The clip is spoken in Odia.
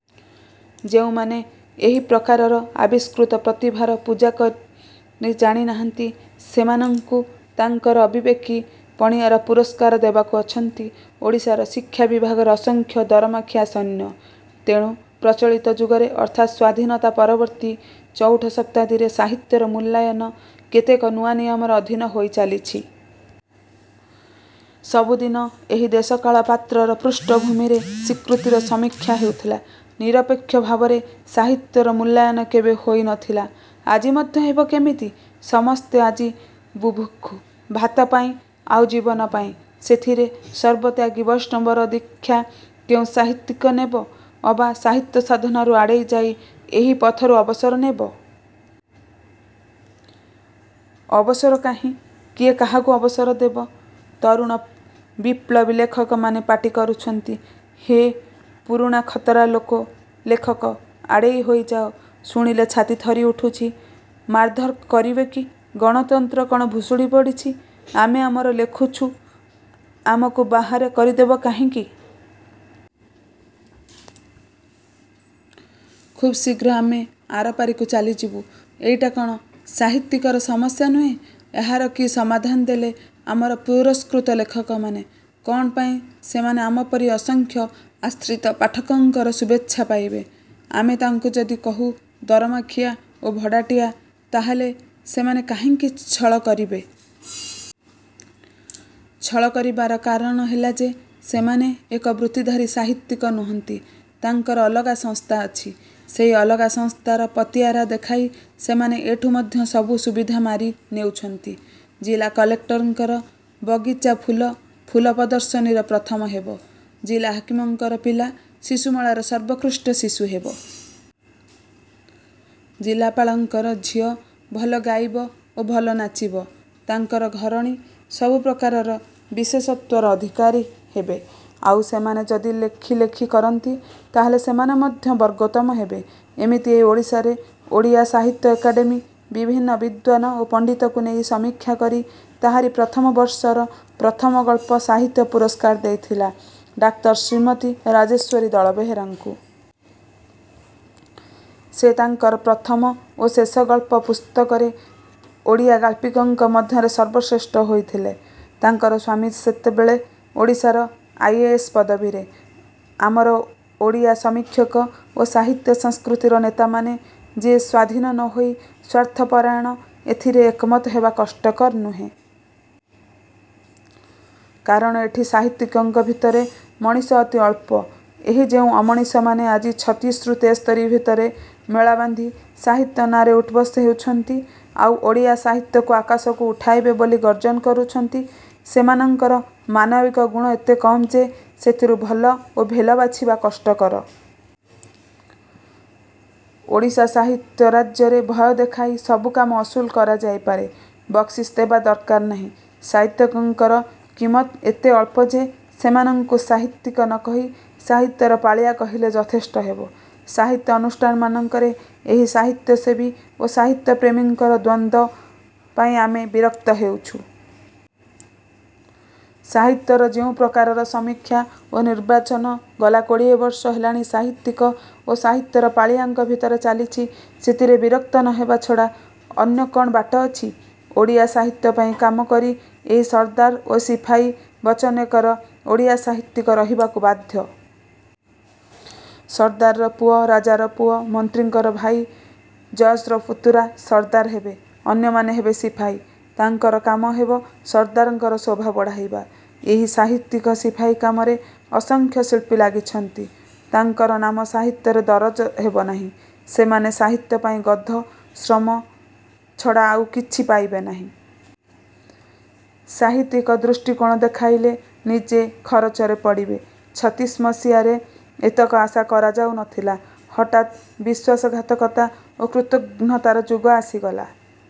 ଯେଉଁମାନେ ଏହି ପ୍ରକାରର ଆବିଷ୍କୃତ ପ୍ରତିଭାର ପୂଜା କରି ଜାଣି ନାହାନ୍ତି ସେମାନଙ୍କୁ ତାଙ୍କର ଅବିବେକୀ-ପଣିଆର ପୁରସ୍କାର ଦେବାକୁ ଅଛନ୍ତି ଓଡ଼ିଶାର ଶିକ୍ଷା ବିଭାଗର ଅସଂଖ୍ୟ ଦରମାଖିଆ ସୈନ୍ୟ। ତେଣୁ ପ୍ରଚଳିତ ଯୁଗରେ ଅର୍ଥାତ୍ ସ୍ୱାଧୀନତା ପରବର୍ତ୍ତୀ ଚଉଠ ଶତାଦ୍ଦୀରେ ସାହିତ୍ୟର ମୂଲ୍ୟାୟନ କେତେକ ନୂଆ ନିୟମର ଅଧିନ ହୋଇ ଚାଲିଛି। ସବୁଦିନେ ଏହି ଦେଶକାଳପାତ୍ରର ପୃଷ୍ଠଭୂମିରେ ସ୍ୱୀକୃତିର ସମୀକ୍ଷା ହେଉଥିଲା। ନିରପେକ୍ଷ ଭାବରେ ସାହିତ୍ୟର ମୂଲ୍ୟାୟନ କେବେ ହୋଇ ନ ଥିଲା। ଆଜି ମଧ୍ୟ ହେବ କେମିତି? ସମସ୍ତେ ଆଜି ବୁଭୁକ୍ଷୁ-ଭାତପାଇଁ ଆଉ ଜୀବନପାଇଁ। ସେଥିରେ ସର୍ବତ୍ୟାଗୀ ବୈଷ୍ଣବର ଦୀକ୍ଷା କେଉଁ ସାହିତ୍ୟିକ ନେବ? ଅବା ସାହିତ୍ୟ ସାଧନାରୁ ଆଡ଼େଇ ଯାଇ ଏହି ପଥରୁ ଅବସର ନେବ? ଅବସର କାହିଁ? କିଏ କାହାକୁ ଅବସର ଦେବ? ତରୁଣ ବିପ୍ଳବୀ ଲେଖକମାନେ ପାଟି କରୁଛନ୍ତି-ହେ, ପୁରୁଣା ଖତରା ଲେଖକ! ଆଡ଼େଇ ହୋଇ ଯାଅ। ଶୁଣିଲେ ଛାତି ଥରି ଉଠୁଛି। ମାରଧର କରିବେ କି? ଗଣତନ୍ତ୍ର କ'ଣ ଭୁଷୁଡ଼ି ପଡ଼ିଛି? ଆମେ ଆମର ଲେଖୁଛୁ। ଆମକୁ ବାହାର କରିଦବ କାହିଁକି? ଖୁବ୍ ଶୀଘ୍ର ଆମେ ଆରପାରିକୁ ଚାଲିଯିବୁ। ଏଇଟା କ'ଣ ସାହିତ୍ୟିକର ସମସ୍ୟା ନୁହେଁ? ଏହାର କି ସମାଧନ ଦେଲେ ଆମର ପୁରସ୍କୃତ ଲେଖକମାନେ? କ'ଣ ପାଇଁ ସେମାନେ ଆମପରି ଅସଂଖ୍ୟ ଆଶ୍ରିତ ପାଠକଙ୍କର ଶୁଭେଚ୍ଛା ପାଇବେ? ଆମେ ତାଙ୍କୁ ଯଦି କହୁ ଦରମାଖିଆ ଓ ଭଡ଼ାଟିଆ-ତାହା ହେଲେ ସେମାନେ କାହିଁକି ଛଳ କରିବେ? ଛଳ କରିବାର କାରଣ ହେଲା ଯେ ସେମାନେ ଏକ-ବୃତ୍ତିଧାରୀ ସାହିତ୍ୟିକ ନୁହନ୍ତି। ତାଙ୍କର ଅଲଗା ସଂସ୍ଥା ଅଛି। ସେହି ଅଲଗା ସଂସ୍ଥାର ପତିଆରା ଦେଖାଇ ସେମାନେ ଏଠୁ ମଧ୍ୟ ସବୁ ସୁବିଧା ମାରି। ନେଉଛନ୍ତି। ଜିଲା କଲେକ୍ଟରଙ୍କର ବଗିଚାଫୁଲ ଫୁଲପ୍ରଦର୍ଶନୀରେ ପ୍ରଥମ ହେବ। ଜିଲା ହାକିମଙ୍କର ପିଲା ଶିଶୁମେଳାରେ ସର୍ବୋତ୍କୃଷ୍ଟ ଶିଶୁ ହେବ। ଜିଲାପାଳଙ୍କର ଝିଅ ଭଲ ଗାଇବ ଓ ଭଲ ନାଚିବ। ତାଙ୍କର ଘରଣୀ ସବୁ ପ୍ରକାରର ବିଶେଷତ୍ୱର ଅଧିକାରୀ ହେବେ। ଆଉ ସେମାନେ ଯଦି ଲେଖାଲେଖି କରନ୍ତି ତାହାହେଲେ ସେମାନେ ମଧ୍ୟ ବର୍ଗୋତ୍ତମ ହେବେ। ଏମିତି ଏଇ ଓଡ଼ିଶାରେ ଓଡ଼ିଆ ସାହିତ୍ୟ ଏକାଡେମି ବିଭିନ୍ନ ବିଦ୍ୱାନ ଓ ପଣ୍ତିତଙ୍କୁ ନେଇ ସମୀକ୍ଷା କରି ତାହାରି ପ୍ରଥମ ବର୍ଷର ପ୍ରଥମ ଗଳ୍ପ ସାହିତ୍ୟ ପୁରସ୍କାର ଦେଇଥିଲା ଡାକ୍ତର ଶ୍ରୀମତୀ ରାଜେଶ୍ୱରୀ ଦଳବେହେରାଙ୍କୁ। ସେ ତାଙ୍କର ପ୍ରଥମ ଓ ଶେଷ ଗଳ୍ପ ପୁସ୍ତକରେ ଓଡ଼ିଆ ଗାଳ୍ପିକଙ୍କ ମଧ୍ୟରେ ସର୍ବେଶ୍ରେଷ୍ଠ ହୋଇଥିଲେ। ତାଙ୍କର ସ୍ୱାମୀ ସେତେବେଳେ ଓଡ଼ିଶାର ଆଇ. ଏ. ଏସ୍. ପଦବୀରେ। ଆମର ଓଡ଼ିଆ ସମୀକ୍ଷକ ଓ ସାହିତ୍ୟ ସଂସ୍କୃତିର ନେତାମାନେ ଯେ ସ୍ୱାଧୀନ ନ ହୋଇ ସ୍ୱାର୍ଥପରାୟଣ ଏଥିରେ ଏକମତ ହେବା କଷ୍ଟକର ନୁହେଁ। କାରଣ ଏଠି ସାହିତ୍ୟିକଙ୍କ ଭିତରେ ମଣିଷ ଅତି ଅଳ୍ପ। ଏହି ଯେଉଁ ଅମଣିଷମାନେ ଆଜି ଛତିଶିରୁ ତେସ୍ତରୀ ଭିତରେ ମେଳାବାନ୍ଧି ସାହିତ୍ୟ ନାଆଁରେ ଉଠବସ ହେଉଛନ୍ତି ଆଉ ଓଡ଼ିଆ ସାହିତ୍ୟକୁ ଆକାଶକୁ ଉଠାଇବେ ବୋଲି ଗର୍ଜନ କରୁଛନ୍ତି ସେମାନଙ୍କର ମାନବିକ ଗୁଣ ଏତେ କମ୍ ଯେ ସେଥିରୁ ଭଲ ଓ ଭେଲ ବାଛିବା କଷ୍ଟକର। ଓଡ଼ିଶା ସାହିତ୍ୟ ରାଜ୍ୟରେ ଭୟ ଦେଖାଇ ସବୁ କାମ ଅସୁଲ କରାଯାଇପାରେ। ବକ୍ସିସ୍ ଦେବା ଦରକାର ନାହିଁ। ସାହିତ୍ୟିକଙ୍କର କିମତ୍ ଏତେ ଅଳ୍ପ ଯେ ସେମାନଙ୍କୁ ସାହିତ୍ୟିକ ନ କହି ସାହିତ୍ୟର ପାଳିଆ କହିଲେ ଯଥେଷ୍ଟ ହେବ। ସାହିତ୍ୟ ଅନୁଷ୍ଠାନମାନଙ୍କରେ ଏହି ସାହିତ୍ୟସେବୀ ଓ ସାହିତ୍ୟ ପ୍ରେମୀଙ୍କର ଦ୍ୱନ୍ଦ୍ୱ ପାଇଁ ଆମେ ବିରକ୍ତ ହେଉଛୁ। ସାହିତ୍ୟର ଯେଉଁ ପ୍ରକାରର ସମୀକ୍ଷା ଓ ନିର୍ବାଚନ ଗଲା କୋଡ଼ିଏବର୍ଷ ହେଲାଣି ସାହିତ୍ୟିକ ଓ ସାହିତ୍ୟର ପାଳିଆଙ୍କ ଭିତରେ ଚାଲିଛି ସେଥିରେ ବିରକ୍ତ ନ ହେବା ଛଡ଼ା ଅନ୍ୟ କ'ଣ ବାଟ ଅଛି? ଓଡ଼ିଆ ସାହିତ୍ୟ ପାଇଁ କାମ କରି ଏହି ସରଦାର ଓ ସିପାହୀ ବଚନିକାରେ ଓଡ଼ିଆ ସାହିତ୍ୟିକ ରହିବାକୁ ବାଧ୍ୟ। ସରଦାରର ପୁଅ, ରାଜାର ପୁଅ, ମନ୍ତ୍ରୀଙ୍କର ଭାଇ, ଜଜ୍ଙ୍କର ପୁତୁରା ସରଦାର ହେବେ। ଅନ୍ୟମାନେ ହେବେ ସିପାହୀ। -ତାଙ୍କର କାମ ହେବ ସରଦାରଙ୍କର ଶୋଭା ବଢ଼ାଇବା। ଏହି ସାହିତ୍ୟିକ ସିପାହୀ କାମରେ ଅସଂଖ୍ୟ ଶିଳ୍ପୀ ଲାଗିଛନ୍ତି। ତାଙ୍କର ନାମ ସାହିତ୍ୟରେ ଦରଜ ହେବ ନାହିଁ। ସେମାନେ ସାହିତ୍ୟ ପାଇଁ ଗଧ-ଶ୍ରମ ଛଡ଼ା ଆଉ କିଛି ପାଇବେ ନାହିଁ। ସାହିତ୍ୟିକ ଦୃଷ୍ଟି-କୋଣ ଦେଖାଇଲେ ନିଜେ ଖରଚରେ ପଡ଼ିବେ। ଛତିଶି ମସିହାରେ ଏତକ ଆଶା କରାଯାଉ ନଥିଲା। ହଠାତ୍ ବିଶ୍ୱାସଘାତକତା ଓ କୃତଘ୍ନତାର ଯୁଗ ଆସିଗଲା।